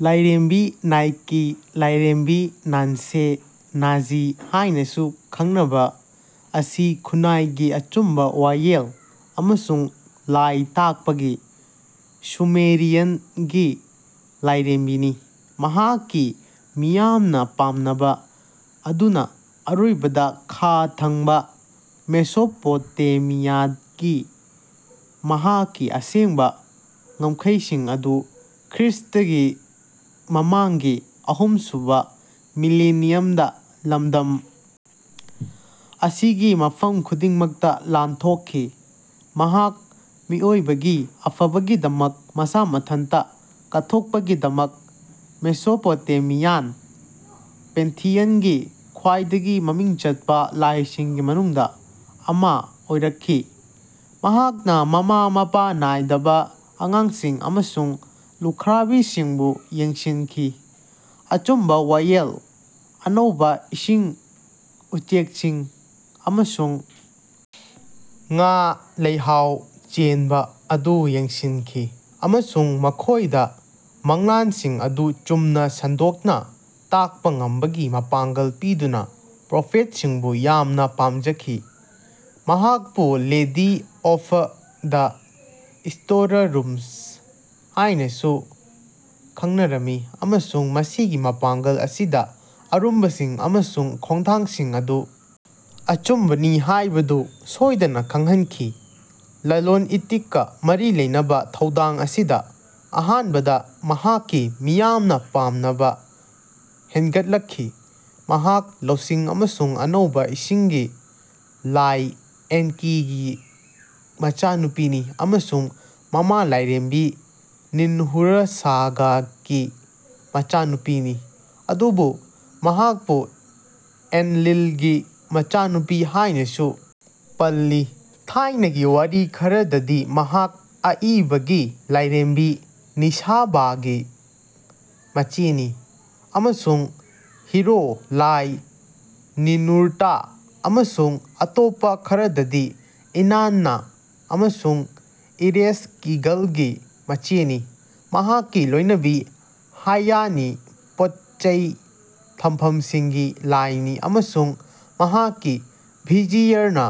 ꯂꯥꯏꯔꯦꯝꯕꯤ ꯅꯥꯏꯀꯤ ꯂꯥꯏꯔꯦꯝꯕꯤ ꯅꯥꯟꯁꯦ ꯅꯥꯖꯤ ꯍꯥꯏꯅꯁꯨ ꯈꯪꯅꯕ ꯑꯁꯤ ꯈꯨꯟꯅꯥꯏꯒꯤ ꯑꯆꯨꯝꯕ ꯋꯥꯌꯦꯜ ꯑꯃꯁꯨꯡ ꯂꯥꯏ ꯇꯥꯛꯄꯒꯤ ꯁꯨꯃꯦꯔꯤꯌꯟꯒꯤ ꯂꯥꯏꯔꯦꯝꯕꯤꯅꯤ ꯃꯍꯥꯛꯀꯤ ꯃꯤꯌꯥꯝꯅ ꯄꯥꯝꯅꯕ ꯑꯗꯨꯅ ꯑꯔꯣꯏꯕꯗ ꯈꯥ ꯊꯪꯕ ꯃꯦꯁꯣꯄꯣꯇꯦꯃꯤꯌꯥꯒꯤ ꯃꯍꯥꯛꯀꯤ ꯑꯁꯦꯡꯕ ꯉꯝꯈꯩꯁꯤꯡ ꯑꯗꯨ ꯈ꯭ꯔꯤꯁ꯭ꯇꯒꯤ ꯃꯃꯥꯡꯒꯤ ꯑꯍꯨꯝꯁꯨꯕ ꯃꯤꯂꯦꯅꯤꯌꯝꯗ ꯂꯝꯗꯝ ꯑꯁꯤꯒꯤ ꯃꯐꯝ ꯈꯨꯗꯤꯡꯃꯛꯇ ꯂꯥꯟꯊꯣꯛꯈꯤ꯫ ꯃꯍꯥꯛ ꯃꯤꯑꯣꯏꯕꯒꯤ ꯑꯐꯕꯒꯤꯗꯃꯛ ꯃꯁꯥ ꯃꯊꯟꯇ ꯀꯠꯊꯣꯛꯄꯒꯤꯗꯃꯛ ꯃꯦꯁꯣꯄꯣꯇꯦꯃꯤꯌꯥꯟ ꯄꯦꯟꯊꯤꯌꯟꯒꯤ ꯈ꯭ꯋꯥꯏꯗꯒꯤ ꯃꯃꯤꯡ ꯆꯠꯄ ꯂꯥꯏꯁꯤꯡꯒꯤ ꯃꯅꯨꯡꯗ ꯑꯃꯥ ꯑꯣꯏꯔꯛꯈꯤ꯫ ꯃꯍꯥꯛꯅ ꯃꯃꯥ ꯃꯄꯥ ꯅꯥꯏꯗꯕ ꯑꯉꯥꯡꯁꯤꯡ ꯑꯃꯁꯨꯡ ꯂꯨꯈ꯭ꯔꯥꯕꯤꯁꯤꯡꯕꯨ ꯌꯦꯡꯁꯤꯟꯈꯤ ꯑꯆꯨꯝꯕ ꯋꯥꯌꯦꯜ ꯑꯅꯧꯕ ꯏꯁꯤꯡ ꯎꯆꯦꯛꯁꯤꯡ ꯑꯃꯁꯨꯡ ꯉꯥ ꯂꯩꯍꯥꯎ ꯆꯦꯟꯕ ꯑꯗꯨ ꯌꯦꯡꯁꯤꯟꯈꯤ ꯑꯃꯁꯨꯡ ꯃꯈꯣꯏꯗ ꯃꯪꯂꯥꯟꯁꯤꯡ ꯑꯗꯨ ꯆꯨꯝꯅ ꯁꯟꯗꯣꯛꯅ ꯇꯥꯛꯄ ꯉꯝꯕꯒꯤ ꯃꯄꯥꯡꯒꯜ ꯄꯤꯗꯨꯅ ꯄ꯭ꯔꯣꯐꯦꯠꯁꯤꯡꯕꯨ ꯌꯥꯝꯅ ꯄꯥꯝꯖꯈꯤ꯫ ꯃꯍꯥꯛꯄꯨ ꯂꯦꯗꯤ ꯑꯣꯐ ꯗ ꯁ꯭ꯇꯣꯔꯔꯨꯝꯁ ꯍꯥꯏꯅꯁꯨ ꯈꯪꯅꯔꯝꯃꯤ ꯑꯃꯁꯨꯡ ꯃꯁꯤꯒꯤ ꯃꯄꯥꯡꯒꯜ ꯑꯁꯤꯗ ꯑꯔꯨꯝꯕꯁꯤꯡ ꯑꯃꯁꯨꯡ ꯈꯣꯡꯊꯥꯡꯁꯤꯡ ꯑꯗꯨ ꯑꯆꯨꯝꯕꯅꯤ ꯍꯥꯏꯕꯗꯨ ꯁꯣꯏꯗꯅ ꯈꯪꯍꯟꯈꯤ꯫ ꯂꯂꯣꯟ ꯏꯇꯤꯛꯀ ꯃꯔꯤ ꯂꯩꯅꯕ ꯊꯧꯗꯥꯡ ꯑꯁꯤꯗ ꯑꯍꯥꯟꯕꯗ ꯃꯍꯥꯛꯀꯤ ꯃꯤꯌꯥꯝꯅ ꯄꯥꯝꯅꯕ ꯍꯦꯟꯒꯠꯂꯛꯈꯤ꯫ ꯃꯍꯥꯛ ꯂꯧꯁꯤꯡ ꯑꯃꯁꯨꯡ ꯑꯅꯧꯕ ꯏꯁꯤꯡꯒꯤ ꯂꯥꯏ ꯑꯦꯟꯀꯤꯒꯤ ꯃꯆꯥꯅꯨꯄꯤꯅꯤ ꯑꯃꯁꯨꯡ ꯃꯃꯥ ꯂꯥꯏꯔꯦꯝꯕꯤ ꯅꯤꯟꯍꯨꯔꯁꯥꯒꯀꯤ ꯃꯆꯥꯅꯨꯄꯤꯅꯤ ꯑꯗꯨꯕꯨ ꯃꯍꯥꯛꯄꯨ ꯑꯦꯟꯂꯤꯜꯒꯤ ꯃꯆꯥꯅꯨꯄꯤ ꯍꯥꯏꯅꯁꯨ ꯄꯜꯂꯤ꯫ ꯊꯥꯏꯅꯒꯤ ꯋꯥꯔꯤ ꯈꯔꯗꯗꯤ ꯃꯍꯥꯛ ꯑꯏꯕꯒꯤ ꯂꯥꯏꯔꯦꯝꯕꯤ ꯅꯤꯁꯥꯕꯥꯒꯤ ꯃꯆꯦꯅꯤ ꯑꯃꯁꯨꯡ ꯍꯤꯔꯣ ꯂꯥꯏ ꯅꯤꯅꯨꯔꯇꯥ ꯑꯃꯁꯨꯡ ꯑꯇꯣꯞꯄ ꯈꯔꯗꯗꯤ ꯏꯅꯥꯟꯅꯥ ꯑꯃꯁꯨꯡ ꯏꯔꯦꯁꯀꯤꯒꯜꯒꯤ ꯃꯆꯦꯅꯤ꯫ ꯃꯍꯥꯛꯀꯤ ꯂꯣꯏꯅꯕꯤ ꯍꯥꯏꯌꯥꯅꯤ ꯄꯣꯠ ꯆꯩ ꯊꯝꯐꯝꯁꯤꯡꯒꯤ ꯂꯥꯏꯅꯤ ꯑꯃꯁꯨꯡ ꯃꯍꯥꯛꯀꯤ ꯚꯤꯖꯤꯌꯔꯅ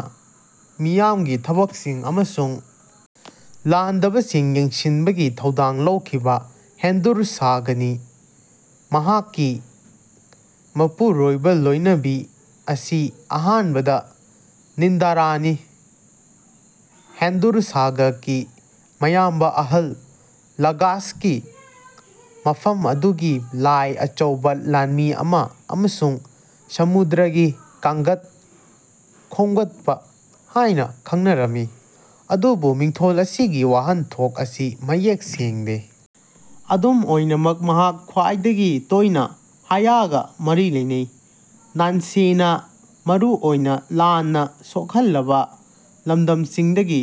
ꯃꯤꯌꯥꯝꯒꯤ ꯊꯕꯛꯁꯤꯡ ꯑꯃꯁꯨꯡ ꯂꯥꯟꯗꯕꯁꯤꯡ ꯌꯦꯡꯁꯤꯟꯕꯒꯤ ꯊꯧꯗꯥꯡ ꯂꯧꯈꯤꯕ ꯍꯦꯟꯗꯨꯔꯁꯥꯒꯅꯤ꯫ ꯃꯍꯥꯛꯀꯤ ꯃꯄꯨꯔꯣꯏꯕꯂꯣꯏꯅꯕꯤ ꯑꯁꯤ ꯑꯍꯥꯟꯕꯗ ꯅꯤꯟꯗꯥꯔꯥꯅꯤ ꯍꯦꯟꯗꯨꯔꯁꯥꯒꯀꯤ ꯃꯌꯥꯝꯕ ꯑꯍꯜ ꯂꯒꯥꯁꯀꯤ ꯃꯐꯝ ꯑꯗꯨꯒꯤ ꯂꯥꯏ ꯑꯆꯧꯕ ꯂꯥꯟꯃꯤ ꯑꯃ ꯑꯃꯁꯨꯡ ꯁꯃꯨꯗ꯭ꯔꯒꯤ ꯀꯥꯡꯒꯠ ꯈꯣꯝꯒꯠꯄ ꯍꯥꯏꯅ ꯈꯡꯅꯔꯝꯃꯤ ꯑꯗꯨꯕꯨ ꯃꯤꯡꯊꯣꯜ ꯑꯁꯤꯒꯤ ꯋꯥꯍꯟꯊꯣꯛ ꯑꯁꯤ ꯃꯌꯦꯛ ꯁꯦꯡꯗꯦ꯫ ꯑꯗꯨꯝ ꯑꯣꯏꯅꯃꯛ ꯃꯍꯥꯛ ꯈ꯭ꯋꯥꯏꯗꯒꯤ ꯇꯣꯏꯅ ꯍꯥꯏꯌꯥꯒ ꯃꯔꯤ ꯂꯩꯅꯩ꯫ ꯅꯥꯟꯁꯦꯅ ꯃꯔꯨꯑꯣꯏꯅ ꯂꯥꯟꯅ ꯁꯣꯛꯍꯜꯂꯕ ꯂꯝꯗꯝꯁꯤꯡꯗꯒꯤ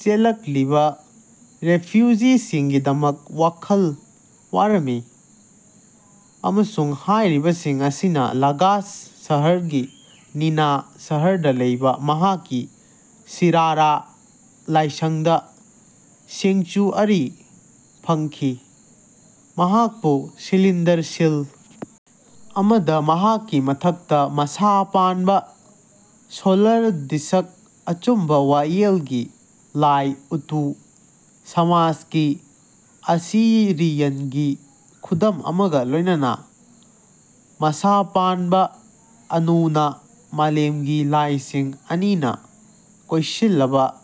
ꯆꯦꯜꯂꯛꯂꯤꯕ ꯔꯦꯐ꯭ꯌꯨꯖꯤꯁꯤꯡꯒꯤꯗꯃꯛ ꯋꯥꯈꯜ ꯋꯥꯔꯝꯃꯤ ꯑꯃꯁꯨꯡ ꯍꯥꯏꯔꯤꯕꯁꯤꯡ ꯑꯁꯤꯅ ꯂꯒꯥꯁ ꯁꯍꯔꯒꯤ ꯅꯤꯅꯥ ꯁꯍꯔꯗ ꯂꯩꯕ ꯃꯍꯥꯛꯀꯤ ꯁꯤꯔꯥꯔꯥ ꯂꯥꯏꯁꯪꯗ ꯁꯦꯡꯆꯨꯑꯔꯤ ꯐꯪꯈꯤ꯫ ꯃꯍꯥꯛꯄꯨ ꯁꯤꯂꯤꯟꯗꯔ ꯁꯤꯜ ꯑꯃꯗ ꯃꯍꯥꯛꯀꯤ ꯃꯊꯛꯇ ꯃꯁꯥ ꯄꯥꯟꯕ ꯁꯣꯂꯔ ꯗꯤꯁꯛ ꯑꯆꯨꯝꯕ ꯋꯥꯌꯦꯜꯒꯤ ꯂꯥꯏ ꯎꯇꯨ ꯁꯃꯥꯁꯀꯤ ꯑꯁꯤꯔꯤꯌꯟꯒꯤ ꯈꯨꯗꯝ ꯑꯃꯒ ꯂꯣꯏꯅꯅ ꯃꯁꯥ ꯄꯥꯟꯕ ꯑꯅꯨꯅꯥ ꯃꯥꯂꯦꯝꯒꯤ ꯂꯥꯏꯁꯤꯡ ꯑꯅꯤꯅ ꯀꯣꯏꯁꯤꯜꯂꯕ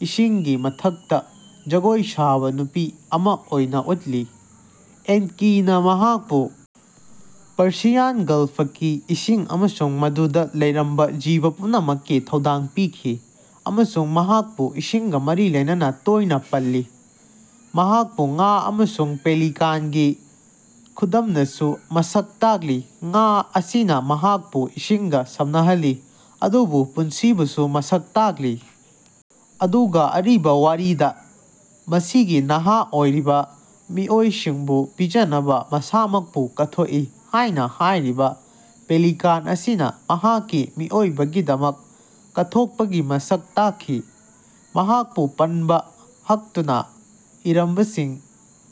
ꯏꯁꯤꯡꯒꯤ ꯃꯊꯛꯇ ꯖꯒꯣꯏ ꯁꯥꯕ ꯅꯨꯄꯤ ꯑꯃ ꯑꯣꯏꯅ ꯎꯠꯂꯤ꯫ ꯑꯦꯟꯀꯤꯅ ꯃꯍꯥꯛꯄꯨ ꯄꯔꯁꯤꯌꯥꯟ ꯒꯜꯐꯀꯤ ꯏꯁꯤꯡ ꯑꯃꯁꯨꯡ ꯃꯗꯨꯗ ꯂꯩꯔꯝꯕ ꯖꯤꯕ ꯄꯨꯝꯅꯃꯛꯀꯤ ꯊꯧꯗꯥꯡ ꯄꯤꯈꯤ ꯑꯃꯁꯨꯡ ꯃꯍꯥꯛꯄꯨ ꯏꯁꯤꯡꯒ ꯃꯔꯤ ꯂꯩꯅꯅ ꯇꯣꯏꯅ ꯄꯜꯂꯤ꯫ ꯃꯍꯥꯛꯄꯨ ꯉꯥ ꯑꯃꯁꯨꯡ ꯄꯦꯂꯤꯀꯥꯟꯒꯤ ꯈꯨꯗꯝꯅꯁꯨ ꯃꯁꯛ ꯇꯥꯛꯂꯤ ꯉꯥ ꯑꯁꯤꯅ ꯃꯍꯥꯛꯄꯨ ꯏꯁꯤꯡꯒ ꯁꯝꯅꯍꯜꯂꯤ ꯑꯗꯨꯕꯨ ꯄꯨꯟꯁꯤꯕꯨꯁꯨ ꯃꯁꯛ ꯇꯥꯛꯂꯤ ꯑꯗꯨꯒ ꯑꯔꯤꯕ ꯋꯥꯔꯤꯗ ꯃꯁꯤꯒꯤ ꯅꯍꯥ ꯑꯣꯏꯔꯤꯕ ꯃꯤꯑꯣꯏꯁꯤꯡꯕꯨ ꯄꯤꯖꯅꯕ ꯃꯁꯥꯃꯛꯄꯨ ꯀꯠꯊꯣꯛꯏ ꯍꯥꯏꯅ ꯍꯥꯏꯔꯤꯕ ꯄꯦꯂꯤꯀꯥꯟ ꯑꯁꯤꯅ ꯃꯍꯥꯛꯀꯤ ꯃꯤꯑꯣꯏꯕꯒꯤꯗꯃꯛ ꯀꯠꯊꯣꯛꯄꯒꯤ ꯃꯁꯛ ꯇꯥꯛꯈꯤ꯫ ꯃꯍꯥꯛꯄꯨ ꯄꯟꯕ ꯍꯛꯇꯨꯅ ꯏꯔꯝꯕꯁꯤꯡ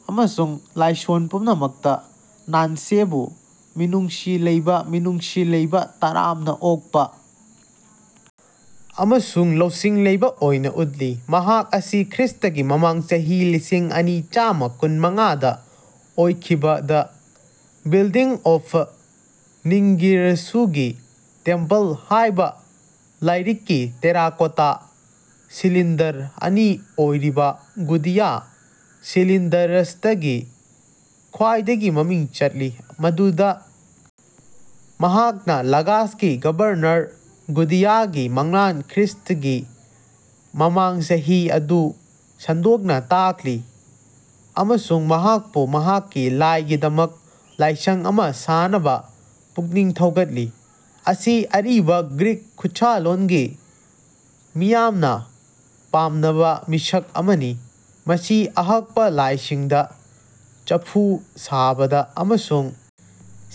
ꯑꯃꯁꯨꯡ ꯂꯥꯏꯁꯣꯟ ꯄꯨꯝꯅꯃꯛꯇ ꯅꯥꯟꯁꯦꯕꯨ ꯃꯤꯅꯨꯡꯁꯤ ꯂꯩꯕ ꯃꯤꯅꯨꯡꯁꯤ ꯂꯩꯕ ꯇꯔꯥꯝꯅ ꯑꯣꯛꯄ ꯑꯃꯁꯨꯡ ꯂꯧꯁꯤꯡ ꯂꯩꯕ ꯑꯣꯏꯅ ꯎꯠꯂꯤ꯫ ꯃꯍꯥꯛ ꯑꯁꯤ ꯈ꯭ꯔꯤꯁ꯭ꯇꯒꯤ ꯃꯃꯥꯡ ꯆꯍꯤ ꯂꯤꯁꯤꯡ ꯑꯅꯤ ꯆꯥꯝꯃ ꯀꯨꯟ ꯃꯉꯥꯗ ꯑꯣꯏꯈꯤꯕ ꯗ ꯕꯤꯜꯗꯤꯡ ꯑꯣꯐ ꯅꯤꯡꯒꯤꯔꯁꯨꯒꯤ ꯇꯦꯝꯄꯜ ꯍꯥꯏꯕ ꯂꯥꯏꯔꯤꯛꯀꯤ ꯇꯦꯔꯥꯀꯣꯇꯥ ꯁꯤꯂꯤꯟꯗꯔ ꯑꯅꯤ ꯑꯣꯏꯔꯤꯕ ꯒꯨꯗꯤꯌꯥ ꯁꯤꯂꯤꯟꯗꯔꯁꯇꯒꯤ ꯈ꯭ꯋꯥꯏꯗꯒꯤ ꯃꯃꯤꯡ ꯆꯠꯂꯤ ꯃꯗꯨꯗ ꯃꯍꯥꯛꯅ ꯂꯒꯥꯁꯀꯤ ꯒꯕꯔꯅꯔ ꯒꯨꯗꯤꯌꯥꯒꯤ ꯃꯪꯂꯥꯟ ꯈ꯭ꯔꯤꯁ꯭ꯇꯒꯤ ꯃꯃꯥꯡ ꯆꯍꯤ ꯑꯗꯨ ꯁꯟꯗꯣꯛꯅ ꯇꯥꯛꯂꯤ ꯑꯃꯁꯨꯡ ꯃꯍꯥꯛꯄꯨ ꯃꯍꯥꯛꯀꯤ ꯂꯥꯏꯒꯤꯗꯃꯛ ꯂꯥꯏꯁꯪ ꯑꯃ ꯁꯥꯅꯕ ꯄꯨꯛꯅꯤꯡ ꯊꯧꯒꯠꯂꯤ꯫ꯑꯁꯤ ꯑꯔꯤꯕ ꯒ꯭ꯔꯤꯛ ꯈꯨꯠꯁꯥꯂꯣꯟꯒꯤ ꯃꯤꯌꯥꯝꯅ ꯄꯥꯝꯅꯕ ꯃꯤꯁꯛ ꯑꯃꯅꯤ ꯃꯁꯤ ꯑꯍꯛꯄ ꯂꯥꯏꯁꯤꯡꯗ ꯆꯐꯨ ꯁꯥꯕꯗ ꯑꯃꯁꯨꯡ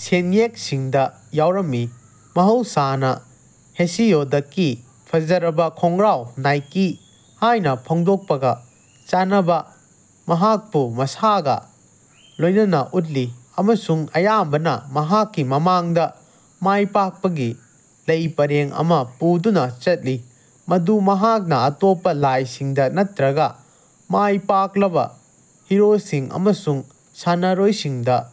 ꯁꯦꯟꯌꯦꯛꯁꯤꯡꯗ ꯌꯥꯎꯔꯝꯃꯤ꯫ ꯃꯍꯧꯁꯥꯅ ꯍꯦꯁꯤꯌꯣꯗꯀꯤ ꯐꯖꯔꯕ ꯈꯣꯡꯒ꯭ꯔꯥꯎ ꯅꯥꯏꯀꯤ ꯍꯥꯏꯅ ꯐꯣꯡꯗꯣꯛꯄꯒ ꯆꯥꯟꯅꯕ ꯃꯍꯥꯛꯄꯨ ꯃꯁꯥꯒ ꯂꯣꯏꯅꯅ ꯎꯠꯂꯤ ꯑꯃꯁꯨꯡ ꯑꯌꯥꯝꯕꯅ ꯃꯍꯥꯛꯀꯤ ꯃꯃꯥꯡꯗ ꯃꯥꯏꯄꯥꯛꯄꯒꯤ ꯂꯩ ꯄꯔꯦꯡ ꯑꯃ ꯄꯨꯗꯨꯅ ꯆꯠꯂꯤ ꯃꯗꯨ ꯃꯍꯥꯛꯅ ꯑꯇꯣꯞꯄ ꯂꯥꯏꯁꯤꯡꯗ ꯅꯠꯇ꯭ꯔꯒ ꯃꯥꯏꯄꯥꯛꯂꯕ ꯍꯤꯔꯣꯁꯤꯡ ꯑꯃꯁꯨꯡ ꯁꯥꯟꯅꯔꯣꯏꯁꯤꯡꯗ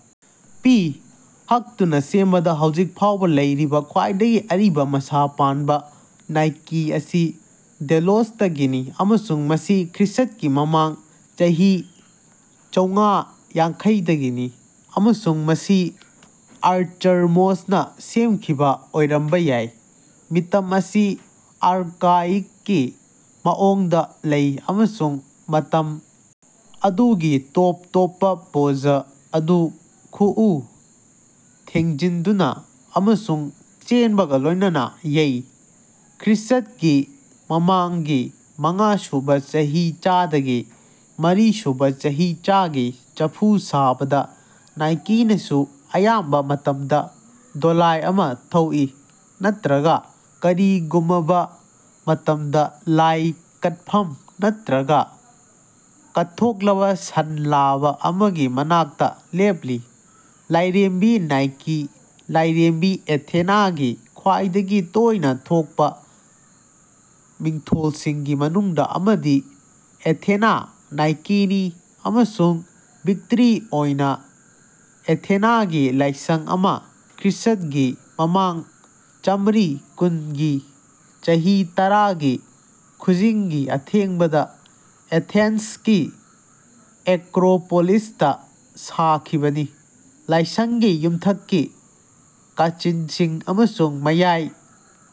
ꯄꯤ꯫ ꯍꯛꯇꯨꯅ ꯁꯦꯝꯕꯗ ꯍꯧꯖꯤꯛ ꯐꯥꯎꯕ ꯂꯩꯔꯤꯕ ꯈ꯭ꯋꯥꯏꯗꯒꯤ ꯑꯔꯤꯕ ꯃꯁꯥ ꯄꯥꯟꯕ ꯅꯥꯏꯀꯤ ꯑꯁꯤ ꯗꯦꯂꯣꯁꯇꯒꯤꯅꯤ ꯑꯃꯁꯨꯡ ꯃꯁꯤ ꯈ꯭ꯔꯤꯁ꯭ꯠꯒꯤ ꯃꯃꯥꯡ ꯆꯍꯤ ꯆꯧꯉꯥ ꯌꯥꯡꯈꯩꯗꯒꯤꯅꯤ ꯑꯃꯁꯨꯡ ꯃꯁꯤ ꯑꯥꯔꯆꯔꯃꯣꯁꯅ ꯁꯦꯝꯈꯤꯕ ꯑꯣꯏꯔꯝꯕ ꯌꯥꯏ꯫ ꯃꯤꯇꯝ ꯑꯁꯤ ꯑꯥꯔꯀꯥꯏꯛꯀꯤ ꯃꯑꯣꯡꯗ ꯂꯩ ꯑꯃꯁꯨꯡ ꯃꯇꯝ ꯑꯗꯨꯒꯤ ꯇꯣꯞ ꯇꯣꯞꯄ ꯄꯣꯖ ꯑꯗꯨ ꯈꯨꯎ ꯊꯦꯡꯖꯤꯟꯗꯨꯅ ꯑꯃꯁꯨꯡ ꯆꯦꯟꯕꯒ ꯂꯣꯏꯅꯅ ꯌꯩ꯫ ꯈ꯭ꯔꯤꯁ꯭ꯠꯒꯤ ꯃꯃꯥꯡꯒꯤ ꯃꯉꯥ ꯁꯨꯕ ꯆꯍꯤꯆꯥꯗꯒꯤ ꯃꯔꯤ ꯁꯨꯕ ꯆꯍꯤꯆꯥꯒꯤ ꯆꯐꯨ ꯁꯥꯕꯗ ꯅꯥꯏꯀꯤꯅꯁꯨ ꯑꯌꯥꯝꯕ ꯃꯇꯝꯗ ꯗꯣꯂꯥꯏ ꯑꯃ ꯊꯧꯏ ꯅꯠꯇ꯭ꯔꯒ ꯀꯔꯤꯒꯨꯃꯕ ꯃꯇꯝꯗ ꯂꯥꯏ ꯀꯠꯐꯝ ꯅꯠꯇ꯭ꯔꯒ ꯀꯠꯊꯣꯛꯂꯕ ꯁꯟ ꯂꯥꯕ ꯑꯃꯒꯤ ꯃꯅꯥꯛꯇ ꯂꯦꯞꯂꯤ꯫ ꯂꯥꯏꯔꯦꯝꯕꯤ ꯅꯥꯏꯀꯤ ꯂꯥꯏꯔꯦꯝꯕꯤ ꯑꯦꯊꯦꯅꯥꯒꯤ ꯈ꯭ꯋꯥꯏꯗꯒꯤ ꯇꯣꯏꯅ ꯊꯣꯛꯄ ꯃꯤꯡꯊꯣꯜꯁꯤꯡꯒꯤ ꯃꯅꯨꯡꯗ ꯑꯃꯗꯤ ꯑꯦꯊꯦꯅꯥ ꯅꯥꯏꯀꯤꯅꯤ ꯑꯃꯁꯨꯡ ꯚꯤꯛꯇ꯭ꯔꯤ ꯑꯣꯏꯅ ꯑꯦꯊꯦꯅꯥꯒꯤ ꯂꯥꯏꯁꯪ ꯑꯃ ꯈ꯭ꯔꯤꯁ꯭ꯠꯒꯤ ꯃꯃꯥꯡ ꯆꯥꯃ꯭ꯔꯤ ꯀꯨꯟꯒꯤ ꯆꯍꯤ ꯇꯔꯥꯒꯤ ꯈꯨꯖꯤꯡꯒꯤ ꯑꯊꯦꯡꯕꯗ ꯑꯦꯊꯦꯟꯁꯀꯤ ꯑꯦꯀ꯭ꯔꯣꯄꯣꯂꯤꯁꯇ ꯁꯥꯈꯤꯕꯅꯤ꯫ ꯂꯥꯏꯁꯪꯒꯤ ꯌꯨꯝꯊꯛꯀꯤ ꯀꯥꯆꯤꯟꯁꯤꯡ ꯑꯃꯁꯨꯡ ꯃꯌꯥꯏ